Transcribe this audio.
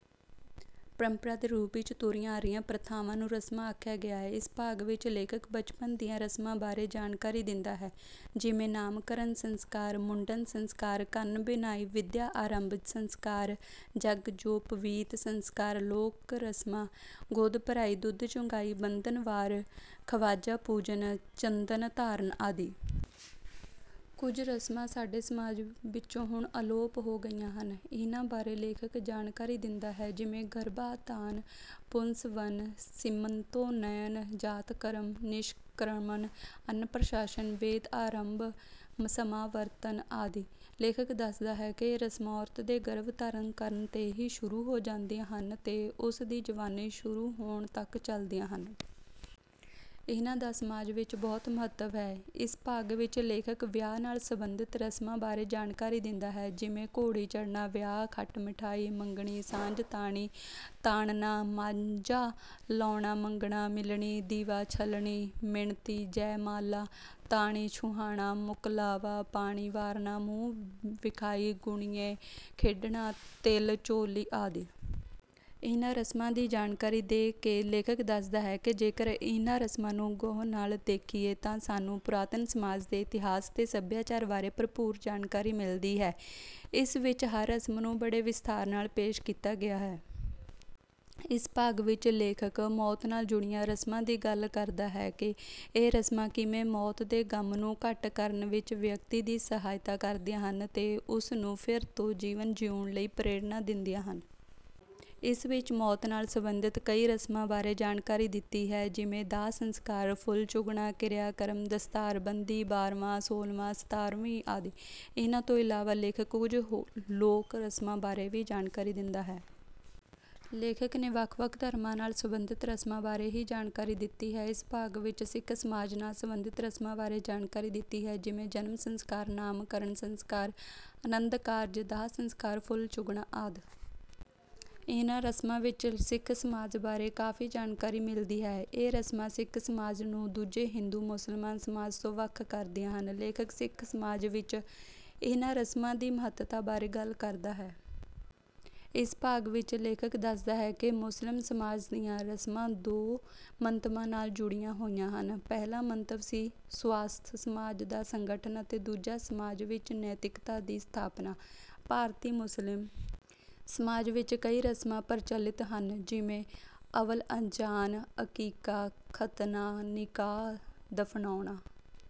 ਪਰੰਪਰਾ ਦੇ ਰੂਪ ਵਿੱਚ ਤੁਰੀਆਂ ਆ ਰਹੀਆਂ ਪ੍ਰਥਾਵਾਂ ਨੂੰ ਰਸਮਾਂ ਆਖਿਆ ਗਿਆ ਹੈ। ਇਸ ਭਾਗ ਵਿੱਚ ਲੇਖਕ ਬਚਪਨ ਦੀਆਂ ਰਸਮਾਂ ਬਾਰੇ ਜਾਣਕਾਰੀ ਦਿੰਦਾ ਹੈ, ਜਿਵੇਂ :- ਨਾਮਕਰਨ ਸੰਸਕਾਰ, ਮੁੰਡਨ ਸੰਸਕਾਰ, ਕੰਨ-ਬਿੰਨ੍ਹਾਈ, ਵਿੱਦਿਆ ਆਰੰਭ ਸੰਸਕਾਰ, ਜੱਗਜੋਪਵੀਤ ਸੰਸਕਾਰ, ਲੋਕ ਰਸਮਾਂ, ਗੋਦ ਭਰਾਈ, ਦੁੱਧ ਚੁੰਘਾਈ, ਬੰਧਨਵਾਰ, ਖਵਾਜਾ-ਪੂਜਨ, ਚੰਦਨ ਧਾਰਨ ਆਦਿ। ਕੁਝ ਰਸਮਾਂ ਸਾਡੇ ਸਮਾਜ ਵਿੱਚੋਂ ਹੁਣ ਅਲੋਪ ਹੋ ਗਈਆਂ ਹਨ, ਇਹਨਾਂ ਬਾਰੇ ਲੇਖਕ ਜਾਣਕਾਰੀ ਦਿੰਦਾ ਹੈ, ਜਿਵੇਂ ਗਰਭਾਧਾਨ, ਪੁੰਸਵਨ, ਸੀਮੰਤੋਨੈਨ, ਜਾਤਕਰਮ, ਨਿਸ਼ਕ੍ਰਮਣ, ਅੰਨ-ਪ੍ਰਾਸ਼ਨ, ਵੇਦ-ਆਰੰਭ, ਸਮਾਵਰਤਨ ਆਦਿ। ਲੇਖਕ ਦੱਸਦਾ ਹੈ ਕਿ ਇਹ ਰਸਮਾਂ ਔਰਤ ਦੇ ਗਰਭ ਧਾਰਨ ਕਰਨ 'ਤੇ ਹੀ ਸ਼ੁਰੂ ਹੋ ਜਾਂਦੀਆਂ ਹਨ ਤੇ ਉਸ ਦੀ ਜਵਾਨੀ ਸ਼ੁਰੂ ਹੋਣ ਤੱਕ ਚਲਦੀਆਂ ਹਨ। ਇਹਨਾਂ ਦਾ ਸਮਾਜ ਵਿੱਚ ਬਹੁਤ ਮਹੱਤਵ ਹੈ। ਇਸ ਭਾਗ ਵਿੱਚ ਲੇਖਕ ਵਿਆਹ ਨਾਲ ਸਬੰਧਤ ਰਸਮਾਂ ਬਾਰੇ ਜਾਣਕਾਰੀ ਦਿੰਦਾ ਹੈ, ਜਿਵੇਂ ਘੋੜੀ ਚੜ੍ਹਨਾ, ਵਿਆਹ, ਖੱਟ-ਮਿਠਾਈ, ਮੰਗਣੀ, ਸਾਂਝ, ਤਾਣੀ ਤਾਣਨਾ, ਮਾਂਝਾ ਲਾਉਣਾ, ਮੰਗਣਾ, ਮਿਲਣੀ, ਦੀਵਾ-ਛੱਲਣੀ, ਮਿਣਤੀ, ਜੈਮਾਲਾ, ਤਾਣੀ ਛੁਹਾਣਾ, ਮੁਕਲਾਵਾ, ਪਾਣੀ ਵਾਰਨਾ, ਮੂੰਹ ਵਿਖਾਈ, ਗੁਣੀਏ ਖੇਡਣਾ, ਤਿਲ-ਚੋਲੀ ਆਦਿ। ਇਹਨਾਂ ਰਸਮਾਂ ਦੀ ਜਾਣਕਾਰੀ ਦੇ ਕੇ ਲੇਖਕ ਦੱਸਦਾ ਹੈ ਕਿ ਜੇਕਰ ਇਹਨਾਂ ਰਸਮਾਂ ਨੂੰ ਗਹੁ ਨਾਲ ਦੇਖੀਏ ਤਾਂ ਸਾਨੂੰ ਪੁਰਾਤਨ ਸਮਾਜ ਦੇ ਇਤਿਹਾਸ ਤੇ ਸੱਭਿਆਚਾਰ ਬਾਰੇ ਭਰਪੂਰ ਜਾਣਕਾਰੀ ਮਿਲਦੀ ਹੈ। ਇਸ ਵਿੱਚ ਹਰ ਰਸਮ ਨੂੰ ਬੜੇ ਵਿਸਥਾਰ ਨਾਲ ਪੇਸ਼ ਕੀਤਾ ਗਿਆ ਹੈ। ਇਸ ਭਾਗ ਵਿੱਚ ਲੇਖਕ ਮੌਤ ਨਾਲ ਜੁੜੀਆਂ ਰਸਮਾਂ ਦੀ ਗੱਲ ਕਰਦਾ ਹੈ ਕਿ ਇਹ ਰਸਮਾਂ ਕਿਵੇਂ ਮੌਤ ਦੇ ਗ਼ਮ ਨੂੰ ਘੱਟ ਕਰਨ ਵਿੱਚ ਵਿਅਕਤੀ ਦੀ ਸਹਾਇਤਾ ਕਰਦੀਆਂ ਹਨ ਤੇ ਉਸ ਨੂੰ ਫਿਰ ਤੋਂ ਜੀਵਨ ਜਿਉਣ ਲਈ ਪ੍ਰੇਰਨਾ ਦਿੰਦੀਆਂ ਹਨ। ਇਸ ਵਿੱਚ ਮੌਤ ਨਾਲ ਸਬੰਧਤ ਕਈ ਰਸਮਾਂ ਬਾਰੇ ਜਾਣਕਾਰੀ ਦਿੱਤੀ ਹੈ, ਜਿਵੇਂ ਦਾਹ-ਸੰਸਕਾਰ, ਫੁੱਲ ਚੁਗਣਾ, ਕਿਰਿਆ-ਕਰਮ, ਦਸਤਾਰ-ਬੰਦੀ, ਬਾਰ੍ਹਵਾਂ, ਸੋਲ੍ਹਵਾਂ, ਸਤਾਰ੍ਹਵੀਂ ਆਦਿ। ਇਹਨਾਂ ਤੋਂ ਇਲਾਵਾ ਲੇਖਕ ਕੁਝ ਲੋਕ ਰਸਮਾਂ ਬਾਰੇ ਵੀ ਜਾਣਕਾਰੀ ਦਿੰਦਾ ਹੈ। ਲੇਖਕ ਨੇ ਵੱਖ-ਵੱਖ ਧਰਮਾਂ ਨਾਲ ਸਬੰਧਤ ਰਸਮਾਂ ਬਾਰੇ ਹੀ ਜਾਣਕਾਰੀ ਦਿੱਤੀ ਹੈ। ਇਸ ਭਾਗ ਵਿੱਚ ਸਿੱਖ ਸਮਾਜ ਨਾਲ ਸਬੰਧਤ ਰਸਮਾਂ ਬਾਰੇ ਜਾਣਕਾਰੀ ਦਿੱਤੀ ਹੈ, ਜਿਵੇਂ - ਜਨਮ ਸੰਸਕਾਰ, ਨਾਮਕਰਨ ਸੰਸਕਾਰ, ਅਨੰਦ ਕਾਰਜ, ਦਾਹ-ਸੰਸਕਾਰ, ਫੁੱਲ ਚੁਗਣਾ ਆਦਿ। ਇਹਨਾਂ ਰਸਮਾਂ ਵਿੱਚ ਸਿੱਖ ਸਮਾਜ ਬਾਰੇ ਕਾਫ਼ੀ ਜਾਣਕਾਰੀ ਮਿਲਦੀ ਹੈ। ਇਹ ਰਸਮਾਂ ਸਿੱਖ ਸਮਾਜ ਨੂੰ ਦੂਜੇ ਹਿੰਦੂ-ਮੁਸਲਿਮ ਸਮਾਜ ਤੋਂ ਵੱਖ ਕਰਦੀਆਂ ਹਨ। ਲੇਖਕ ਸਿੱਖ ਸਮਾਜ ਵਿੱਚ ਇਹਨਾਂ ਰਸਮਾਂ ਦੀ ਮਹੱਤਤਾ ਬਾਰੇ ਗੱਲ ਕਰਦਾ ਹੈ। ਇਸ ਭਾਗ ਵਿੱਚ ਲੇਖਕ ਦੱਸਦਾ ਹੈ ਕਿ ਮੁਸਲਿਮ ਸਮਾਜ ਦੀਆਂ ਰਸਮਾਂ ਦੋ ਮੰਤਵਾਂ ਨਾਲ ਜੁੜੀਆਂ ਹੋਈਆਂ ਹਨ। ਪਹਿਲਾ ਮੰਤਵ ਸੀ ਸੁਆਸਥ ਸਮਾਜ ਦਾ ਸੰਗਠਨ ਤੇ ਦੂਜਾ ਸਮਾਜ ਵਿੱਚ ਨੈਤਿਕਤਾ ਦੀ ਸਥਾਪਨਾ। ਭਾਰਤੀ ਮੁਸਲਿਮ ਸਮਾਜ ਵਿੱਚ ਕਈ ਰਸਮਾਂ ਪ੍ਰਚੱਲਿਤ ਹਨ, ਜਿਵੇਂ ਅਵਲ-ਅਜ਼ਾਨ, ਅਕੀਕਾ, ਖ਼ਤਨਾ, ਨਿਕਾਹ, ਦਫ਼ਨਾਉਣਾ